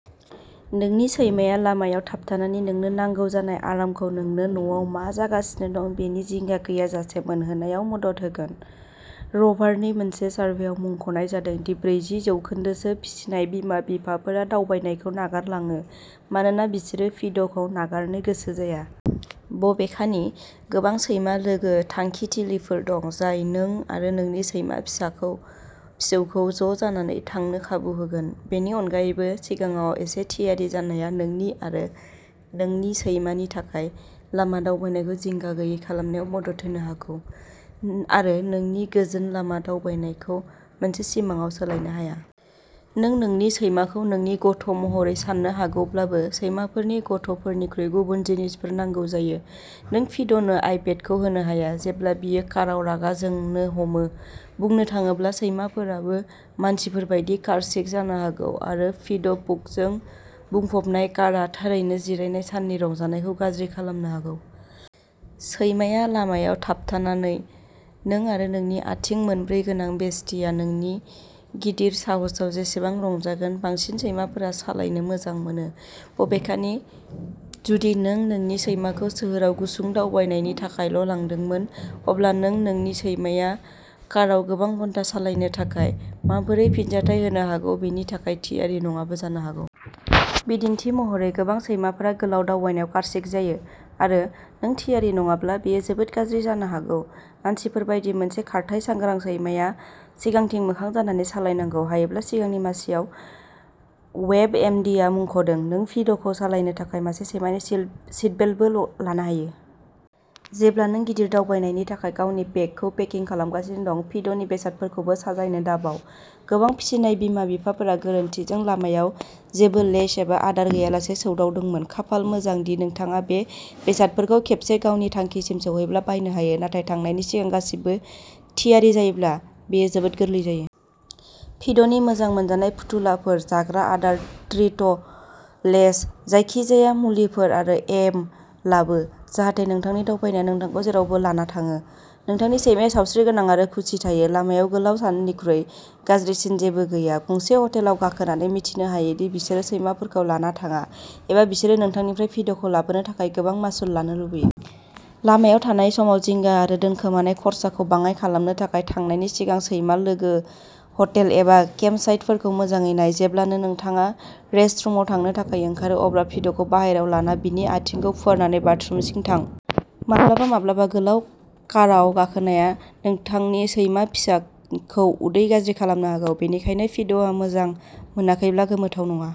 नोंनि सैमाया लामायाव थाबथानानै नोंनो नांगौ जानाय आरामखौ नोंनो न'आव मा जागासिनो दं बेनि जिंगा गैयाजासे मोनहोनायाव मदद होगोन। र'भारनि मोनसे सारभेयाव मुंख'नाय जादों दि ब्रैजि जौखोन्दोसो फिसिनाय बिमा-बिफाफोरा दावबायनायखौ नागारलाङो मानोना बिसोरो फिड'खौ नागारनो गोसो जाया। बबेखानि, गोबां सैमा-लोगो थांखिथिलिफोर दं जाय नों आरो नोंनि सैमा-फिसाखौ फिसौखौ ज'जानानै थांनो खाबु होगोन। बेनि अनगायैबो, सिगाङाव एसे थियारि जानाया नोंनि आरो नोंनि सैमानि थाखाय लामा दावबायनायखौ जिंगा गैयै खालामनायाव मदद होनो हागौ, आरो नोंनि गोजोन लामा दावबायनायखौ मोनसे सिमांआव सोलायनो हाया। नों नोंनि सैमाखौ नोंनि गथ' महरै साननो हागौब्लाबो, सैमाफोरखौ गथ' फोरनिख्रुइ गुबुन जिनिसफोर नांगौ जायो। नों फिड'नो आइपेडखौ होनो हाया जेब्ला बियो काराव रागा जोंनो हमो। बुंनो थाङोब्ला, सैमाफोराबो मानसिफोर बायदि कार्सिक जानो हागौ, आरो फिड'पुकजों बुंफबनाय कारआ थारैनो जिरायनाय साननि रंजानायखौ गाज्रि खालामनो हागौ। सैमाया लामायाव थाबथानानै, नों आरो नोंनि आथिं मोनब्रै गोनां बेस्टीआ नोंनि गिदिर साहसआव जेसेबां रंजागोन। बांसिन सैमाफोरा सालायनो मोजां मोनो। बबेखानि, जुदि नों नोंनि सैमाखौ सोहोराव गुसुं दावबायनायनि थाखायल' लांदोंमोन, अब्ला नों नोंनि सैमाया कारआव गोबां घन्टा सालायनो थाखाय माबोरै फिनजाथाय होनो हागौ बेनि थाखाय थियारि नङाबो जानो हागौ। बिदिन्थि महरै, गोबां सैमाफोरा गोलाव दावबायनायाव कार्सिक जायो। आरो, नों थियारि नङाब्ला, बेयो जोबोद गाज्रि जानो हागौ। मानसिफोर बायदि, मोनसे खारथाइ-सांग्रां सैमाया सिगांथिं मोखां जानानै सालायनांगौ, हायोब्ला सिगांनि मासिआव, वेबएमडीआ मुंख'दों। नों फिड'खौ सालायनो थाखाय मासे सैमानि सिल सिटबेल्टबो लानो हायो। जेब्ला नों गिदिर दावबायनायनि थाखाय गावनि बेगखौ पेकिं खालामगासिनो दं, फिड'नि बेसादफोरखौबो साजायनो दाबाव। गोबां फिसिनाय बिमा-बिफाफोरा गोरोन्थिजों लामाआव जेबो लेश एबा आदार गैयालासे सौदावदोंमोन। खाफाल मोजां दि, नोंथाङा बे बेसादफोरखौ खेबसे गावनि थांखिसिम सौहैब्ला बायनो हायो, नाथाय थांनायनि सिगां गासैबो थियारि जायोब्ला बेयो जोबोद गोरलै जायो। फिद'नि मोजां मोनजानाय फुथुलाफोर, जाग्रा आदार, ट्रिट, लेश, जायखिजाया मुलिफोर आरो एम लाबो, जाहाथे नोंथांनि दावबायनाया नोंथांखौ जेरावबो लाना थाङो, नोंथांनि सैमाया सावस्रिगोनां आरो खुसि थायो। लामायाव गोलाव साननिख्रुइ गाज्रिसिन जेबो गैया, गंसे हटेलाव गाखोनानै मिथिनो हायो दि बिसोरो सैमाफोरखौ लाना थाङा, एबा बिसोरो नोंथांनिफ्राय फिड'खौ लाबोनो थाखाय गोबां मासुल लानो लुबैयो। लामायाव थानाय समाव जिंगा आरो दोनखोमानाय खरसाखौ बाङाइ खालामनो थाखाय थांनायनि सिगां सैमा-लोगो हटेल एबा केम्पसाइटफोरखौ मोजाङै नाय। जेब्लानो नोंथाङा रेस्टरुमआव थांनो थाखाय ओंखारो, अब्ला फिड'खौ बाहेरायाव लाना बिनि आथिंखौ फुवारनानै बाथरुमसिम थां। माब्लाबा-माब्लाबा, गोलाव कारआव गाखोनाया नोंथांनि सैमा फिसाखौ उदै गाज्रि खालामनो हागौ, बेनिखायनो फिड'आ मोजां मोनाखैब्ला गोमोथाव नङा।